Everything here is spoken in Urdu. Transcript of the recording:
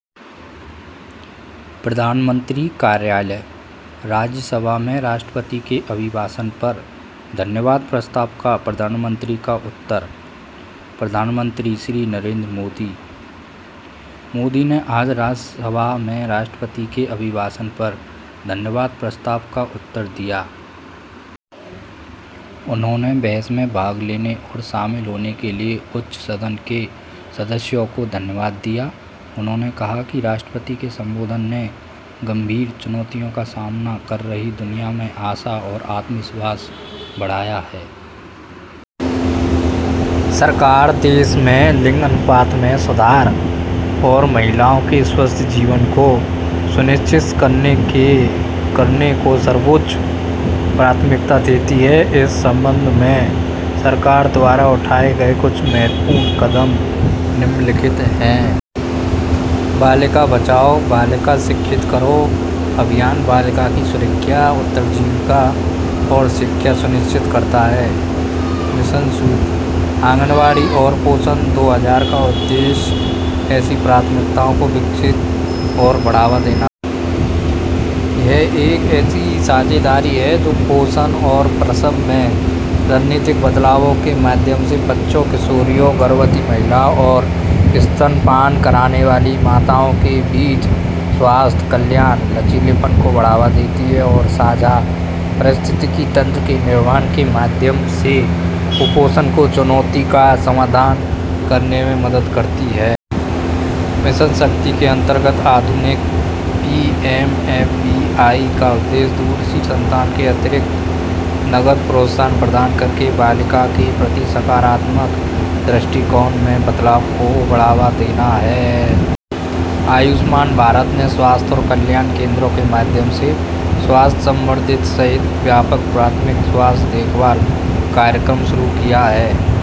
وزیر اعظم کا دفتر: وزیر اعظم کا صدر کے خطاب پر پیش کی گئی شکریہ کی تحریک پر راجیہ سبھا میں جواب۔ وزیر اعظم جناب نریندر مودی نے آج راجیہ سبھا میں صدر جمہوریہ کے خطاب پر پیش کی گئی شکریہ کی تحریک کا جواب دیا۔ انہوں نے بحث میں حصہ لینے اور شرکت کرنے کے لیے ایوان بالا کے ممبران کا شکریہ ادا کیا۔ انہوں نے کہا کہ صدر جمہوریہ کے خطاب سے اس دنیا میں، جو سخت چیلنجوں کا سامنا کر رہی ہے، امید اور اعتماد میں اضافہ ہوا ہے۔ حکومت ملک میں صنفی تناسب کو بہتر بنانے اور خواتین کی صحت مند زندگی کو یقینی بنانے کو اولین ترجیح دیتی ہے۔ حکومت کی طرف سے اس سلسلے میں اٹھائے گئے چند اہم اقدامات درج ذیل ہیں۔ بیٹی بچاؤ، بیٹی پڑھاؤ بچیوں کے تحفظ، بقا اور تعلیم کو یقینی بناتا ہے۔ مشن سکشم آنگن واڑی اور پوشن دو اعشاریہ صفر کا مقصد ایسے طرز عمل کو تیار کرنا اور فروغ دینا ہے جو بچوں، نوعمر لڑکیوں، حاملہ خواتین اور دودھ پلانے والی ماؤں میں غذائیت اور ترسیل میں حکمت عملی کی تبدیلی کے ذریعے صحت، تندرستی اور قوت مدافعت کو پروان چڑھاتے ہیں اور مشترک ماحولیاتی نظام کی تخلیق کے ذریعے غذائی قلت کے چیلنجوں سے نمٹنے میں مدد کرتے ہیں۔ مشن شکتی کے تحت جدید P M M V Y کا مقصد دوسری بچی کے لیے اضافی نقد مراعات فراہم کر کے لڑکی کے تئیں مثبت رویے میں تبدیلی کو فروغ دینا ہے۔ آیوشمان بھارت صحت اور فلاح و بہبود کے مراکز کے ذریعے صحت کے فروغ سمیت جامع بنیادی صحت کی دیکھ بھال کا آغاز۔